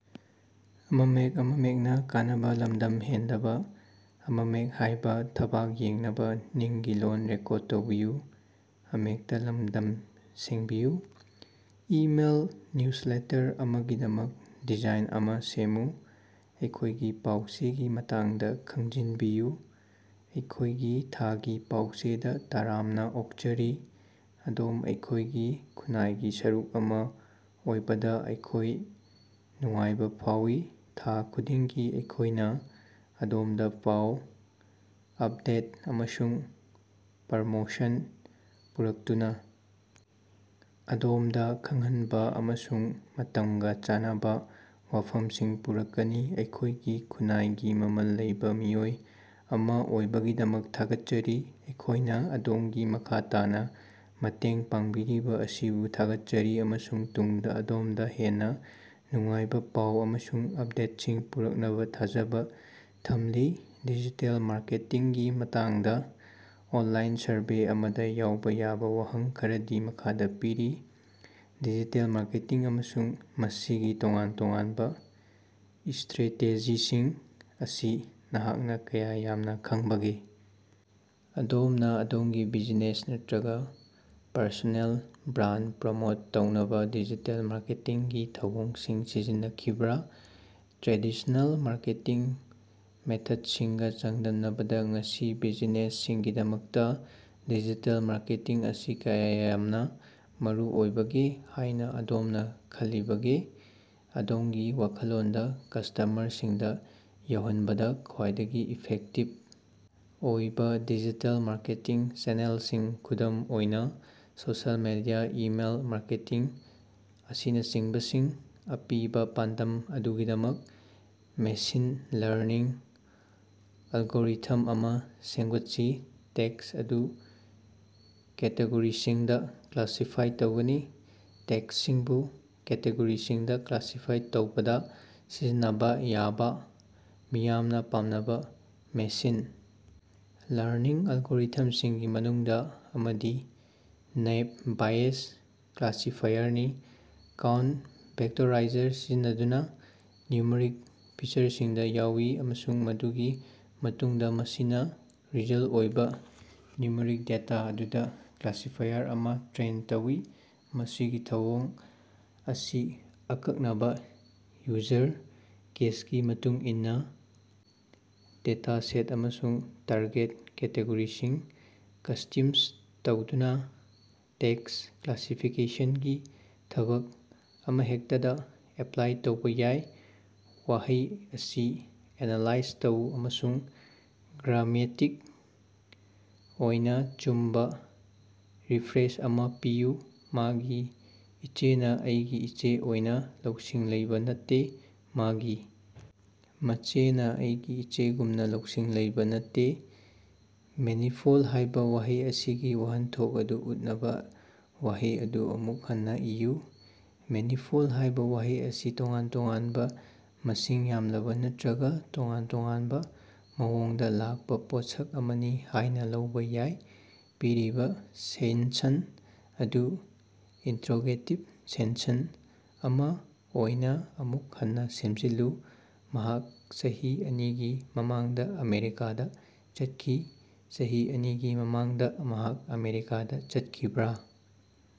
Email newsletter ꯑꯃꯒꯤꯗꯃꯛ design ꯑꯃꯥ ꯁꯦꯝꯃꯨ꯫ ꯑꯩꯈꯣꯏꯒꯤ ꯄꯥꯎ-ꯆꯦꯒꯤ ꯃꯇꯥꯡꯗꯥ ꯈꯪꯖꯤꯟꯕꯤꯌꯨ꯫ ꯑꯩꯈꯣꯏꯒꯤ ꯊꯥꯒꯤ ꯄꯥꯎꯆꯦꯗꯥ ꯇꯔꯥꯝꯅꯥ ꯑꯣꯛꯆꯔꯤ꯫ ꯑꯗꯣꯝ ꯑꯩꯈꯣꯏꯒꯤ ꯈꯨꯟꯅꯥꯏꯒꯤ ꯁꯔꯨꯛ ꯑꯃꯥ ꯑꯣꯏꯕꯗꯥ ꯑꯩꯈꯣꯏ ꯅꯨꯡꯉꯥꯏꯕꯥ ꯐꯥꯎꯏ꯫ ꯊꯥ ꯈꯨꯗꯤꯡꯒꯤ ꯑꯩꯈꯣꯏꯅꯥ ꯑꯗꯣꯝꯗꯥ ꯄꯥꯎ, ꯑꯞꯗꯦꯠ ꯑꯃꯁꯨꯡ ꯄ꯭ꯔꯃꯣꯁꯟꯁꯤꯡ ꯄꯨꯔꯛꯇꯨꯅꯥ ꯑꯗꯣꯝꯗꯥ ꯈꯪꯍꯟꯕꯥ ꯑꯃꯁꯨꯡ ꯃꯇꯝꯒꯥ ꯆꯥꯟꯅꯕꯥ ꯋꯥꯐꯝꯁꯤꯡ ꯄꯨꯔꯛꯀꯅꯤ꯫ ꯑꯩꯈꯣꯏꯒꯤ ꯈꯨꯟꯅꯥꯏꯒꯤ ꯃꯃꯜ ꯂꯩꯕꯥ ꯃꯤꯑꯣꯏ ꯑꯃꯥ ꯑꯣꯏꯕꯒꯤꯗꯃꯛ ꯊꯥꯒꯠꯆꯔꯤ꯫ ꯑꯩꯈꯣꯏꯅꯥ ꯑꯗꯣꯝꯒꯤ ꯃꯈꯥ ꯇꯥꯅꯥ ꯃꯇꯦꯡ ꯄꯥꯡꯕꯤꯔꯤꯕꯥ ꯑꯁꯤꯕꯨ ꯊꯥꯒꯠꯆꯔꯤ ꯑꯃꯁꯨꯡ ꯇꯨꯡꯗꯥ ꯑꯗꯣꯝꯗꯥ ꯍꯦꯟꯅꯥ ꯅꯨꯡꯉꯥꯏꯕꯥ ꯄꯥꯎ ꯑꯃꯁꯨꯡ ꯑꯞꯗꯦꯠꯁꯤꯡ ꯄꯨꯔꯛꯅꯕꯥ ꯊꯥꯖꯕꯥ ꯊꯝꯂꯤ꯫ ꯗꯤꯖꯤꯇꯦꯜ ꯃꯥꯔꯀꯦꯇꯤꯡꯒꯤ ꯃꯇꯥꯡꯗꯥ ꯑꯣꯟꯂꯥꯏꯟ ꯁꯔꯚꯦ ꯑꯃꯗꯥ ꯌꯥꯎꯕꯥ ꯌꯥꯕꯥ ꯋꯥꯍꯪ ꯈꯔꯗꯤ ꯃꯈꯥꯗꯥ ꯄꯤꯔꯤ: ꯗꯤꯖꯤꯇꯦꯜ ꯃꯥꯔꯀꯦꯇꯤꯡ ꯑꯃꯁꯨꯡ ꯃꯁꯤꯒꯤ ꯇꯣꯉꯥꯟ-ꯇꯣꯉꯥꯟꯕꯥ ꯏꯁꯇ꯭ꯔꯦꯇꯦꯖꯤꯁꯤꯡ ꯑꯁꯤ ꯅꯍꯥꯛꯅꯥ ꯀꯌꯥ ꯌꯥꯝꯅꯥ ꯈꯪꯕꯒꯦ? ꯑꯗꯣꯝꯅꯥ ꯑꯗꯣꯝꯒꯤ ꯕꯤꯖꯤꯅꯦꯁ ꯅꯠꯇ꯭ꯔꯒꯥ ꯄꯔꯁꯣꯅꯦꯜ ꯕ꯭ꯔꯥꯟ ꯄ꯭ꯔꯃꯣꯠ ꯇꯧꯅꯕꯥ ꯗꯤꯖꯤꯇꯦꯜ ꯃꯥꯔꯀꯦꯇꯤꯡꯒꯤ ꯊꯧꯑꯣꯡꯁꯤꯡ ꯁꯤꯖꯤꯟꯅꯈꯤꯕ꯭ꯔꯥ? ꯇ꯭ꯔꯦꯗꯤꯁꯅꯦꯜ ꯃꯥꯔꯀꯦꯇꯤꯡ ꯃꯦꯊꯠꯁꯤꯡꯒꯥ ꯆꯥꯡꯗꯝꯅꯕꯗꯥ ꯉꯁꯤ ꯕꯤꯖꯤꯅꯦꯁꯁꯤꯡꯒꯤꯗꯃꯛꯇꯥ ꯗꯤꯖꯤꯇꯦꯜ ꯃꯥꯔꯀꯦꯇꯤꯡ ꯑꯁꯤ ꯀꯌꯥ ꯌꯥꯝꯅꯥ ꯃꯔꯨꯑꯣꯏꯕꯒꯦ ꯍꯥꯏꯅꯥ ꯑꯗꯣꯝꯅꯥ ꯈꯜꯂꯤꯕꯒꯦ? ꯑꯗꯣꯝꯒꯤ ꯋꯥꯈꯜꯂꯣꯟꯗꯥ ꯀꯁ꯭ꯇꯃꯔꯁꯤꯡꯗꯥ ꯌꯧꯍꯟꯕꯗꯥ ꯈ꯭ꯋꯥꯏꯗꯒꯤ ꯏꯐꯦꯛꯇꯤꯕ ꯑꯣꯏꯕꯥ ꯗꯤꯖꯤꯇꯦꯜ ꯃꯥꯔꯀꯦꯇꯤꯡ ꯆꯦꯅꯦꯜꯁꯤꯡ ꯈꯨꯗꯝ ꯑꯣꯏꯅꯥ ꯁꯣꯁꯤꯑꯦꯜ ꯃꯤꯗꯤꯌꯥ, ꯏꯃꯦꯜ ꯃꯥꯔꯀꯦꯇꯤꯡ ꯑꯁꯤꯅꯆꯤꯡꯕꯁꯤꯡꯅꯤ꯫ ꯑꯄꯤꯕꯥ ꯄꯥꯟꯗꯝ ꯑꯗꯨꯒꯤꯗꯃꯛ ꯃꯦꯁꯤꯟ ꯂꯔꯅꯤꯡ ꯑꯦꯜꯒꯣꯔꯤꯊꯝ ꯑꯃꯥ ꯁꯦꯃꯒꯠꯁꯤ꯫ ꯇꯦꯛꯁ ꯑꯗꯨ ꯀꯦꯇꯦꯒꯣꯔꯤꯁꯤꯡꯗꯥ ꯀ꯭ꯂꯥꯁꯤꯐꯥꯏ ꯇꯧꯒꯅꯤ꯫ ꯇꯦꯛꯁꯁꯤꯡꯕꯨ ꯀꯦꯇꯦꯒꯣꯔꯤꯁꯤꯡꯗꯥ ꯀ꯭ꯂꯥꯁꯤꯐꯥꯏ ꯇꯧꯕꯗꯥ ꯁꯤꯖꯤꯟꯅꯕꯥ ꯌꯥꯕꯥ ꯃꯤꯌꯥꯝꯅꯥ ꯄꯥꯝꯅꯕꯥ ꯃꯦꯁꯤꯟ ꯂꯔꯅꯤꯡ ꯑꯦꯜꯒꯣꯔꯤꯊꯝꯁꯤꯡꯒꯤ ꯃꯅꯨꯡꯗꯥ ꯑꯃꯗꯤ ꯅꯦꯏꯞ ꯕꯥꯏꯌꯁ ꯀ꯭ꯂꯥꯁꯤꯐꯥꯏꯌꯔꯅꯤ꯫ ꯀꯥꯎꯟ-ꯚꯦꯛꯇꯣꯔꯥꯏꯖꯔ ꯁꯤꯖꯤꯟꯅꯗꯨꯅꯥ ꯅ꯭ꯌꯨꯃꯔꯤꯛ ꯐꯤꯆꯔꯁꯤꯡꯗꯥ ꯌꯥꯎꯏ ꯑꯃꯁꯨꯡ ꯃꯗꯨꯒꯤ ꯃꯇꯨꯡꯗꯥ ꯃꯁꯤꯅꯥ ꯔꯤꯖꯜ ꯑꯣꯏꯕꯥ ꯅ꯭ꯌꯨꯃꯔꯤꯛ ꯗꯦꯇꯥ ꯑꯗꯨꯗꯥ ꯀ꯭ꯂꯥꯁꯤꯐꯥꯏꯌꯔ ꯑꯃꯥ ꯇ꯭ꯔꯦꯟ ꯇꯧꯏ꯫ ꯃꯁꯤꯒꯤ ꯊꯧꯑꯣꯡ ꯑꯁꯤ ꯑꯀꯛꯅꯕꯥ ꯌꯨꯖꯔ ꯀꯦꯁꯀꯤ ꯃꯇꯨꯡ ꯏꯟꯅꯥ ꯗꯦꯇꯥꯁꯦꯠ ꯑꯃꯁꯨꯡ ꯇꯥꯔꯒꯦꯠ ꯀꯦꯇꯦꯒꯣꯔꯤꯁꯤꯡ ꯀꯁꯇ꯭ꯌꯨꯝꯁ ꯇꯧꯗꯨꯅꯥ ꯇꯦꯛꯁ ꯀ꯭ꯂꯥꯁꯤꯐꯤꯀꯦꯁꯟꯒꯤ ꯊꯕꯛ ꯑꯃꯍꯦꯛꯇꯗꯥ ꯑꯦꯄ꯭ꯂꯥꯏ ꯇꯧꯕꯥ ꯌꯥꯏ꯫ ꯋꯥꯍꯩ ꯑꯁꯤ ꯑꯦꯅꯥꯂꯥꯏꯖ ꯇꯧ ꯑꯃꯁꯨꯡ ꯒ꯭ꯔꯥꯃꯦꯇꯤꯛ ꯑꯣꯏꯅꯥ ꯑꯆꯨꯝꯕꯥ ꯔꯤꯐ꯭ꯔꯦꯖ ꯑꯃꯥ ꯄꯤꯌꯨ꯫ ꯃꯥꯒꯤ ꯏꯆꯦꯅꯥ ꯑꯩꯒꯤ ꯏꯆꯦ ꯑꯣꯏꯅꯥ ꯂꯧꯁꯤꯡ ꯂꯩꯕꯥ ꯅꯠꯇꯦ꯫ ꯃꯥꯒꯤ ꯃꯆꯦꯅꯥ ꯑꯩꯒꯤ ꯏꯆꯦꯒꯨꯝꯅꯥ ꯂꯧꯁꯤꯡ ꯂꯩꯕꯥ ꯅꯠꯇꯦ꯫ ꯃꯦꯅꯤꯐꯣꯜ ꯍꯥꯏꯕꯥ ꯋꯥꯍꯩ ꯑꯁꯤꯒꯤ ꯋꯥꯍꯟꯊꯣꯛ ꯑꯗꯨ ꯎꯠꯅꯕꯥ ꯋꯥꯍꯩ ꯑꯗꯨ ꯑꯃꯨꯛ ꯍꯟꯅꯥ ꯏꯌꯨ꯫ ꯃꯦꯅꯤꯐꯣꯜ ꯍꯥꯏꯕꯥ ꯋꯥꯍꯩ ꯑꯁꯤ ꯇꯣꯉꯥꯟ-ꯇꯣꯉꯥꯟꯕꯥ, ꯃꯁꯤꯡ ꯌꯥꯝꯂꯕꯥ ꯅꯠꯇ꯭ꯔꯒꯥ ꯇꯣꯉꯥꯟ-ꯇꯣꯉꯥꯟꯕꯥ ꯃꯑꯣꯡꯗꯥ ꯂꯥꯛꯄꯥ ꯄꯣꯠꯁꯛ ꯑꯃꯅꯤ ꯍꯥꯏꯅꯥ ꯂꯧꯕꯥ ꯌꯥꯏ꯫ ꯄꯤꯔꯤꯕꯥ ꯁꯦꯟꯁꯟ ꯑꯗꯨ ꯏꯟꯇ꯭ꯔꯣꯒꯦꯇꯤꯚ ꯁꯦꯟꯁꯟ ꯑꯃꯥ ꯑꯣꯏꯅꯥ ꯑꯃꯨꯛ ꯍꯟꯅꯥ ꯁꯦꯝꯖꯤꯜꯂꯨ꯫ ꯃꯍꯥꯛ ꯆꯍꯤ ꯑꯅꯤꯒꯤ ꯃꯃꯥꯡꯗꯥ ꯑꯃꯦꯔꯤꯀꯥꯗꯥ ꯆꯠꯈꯤ꯫ ꯆꯍꯤ ꯑꯅꯤꯒꯤ ꯃꯃꯥꯡꯗꯥ ꯃꯍꯥꯛ ꯑꯃꯦꯔꯤꯀꯥꯗꯥ ꯆꯠꯈꯤꯕ꯭ꯔꯥ?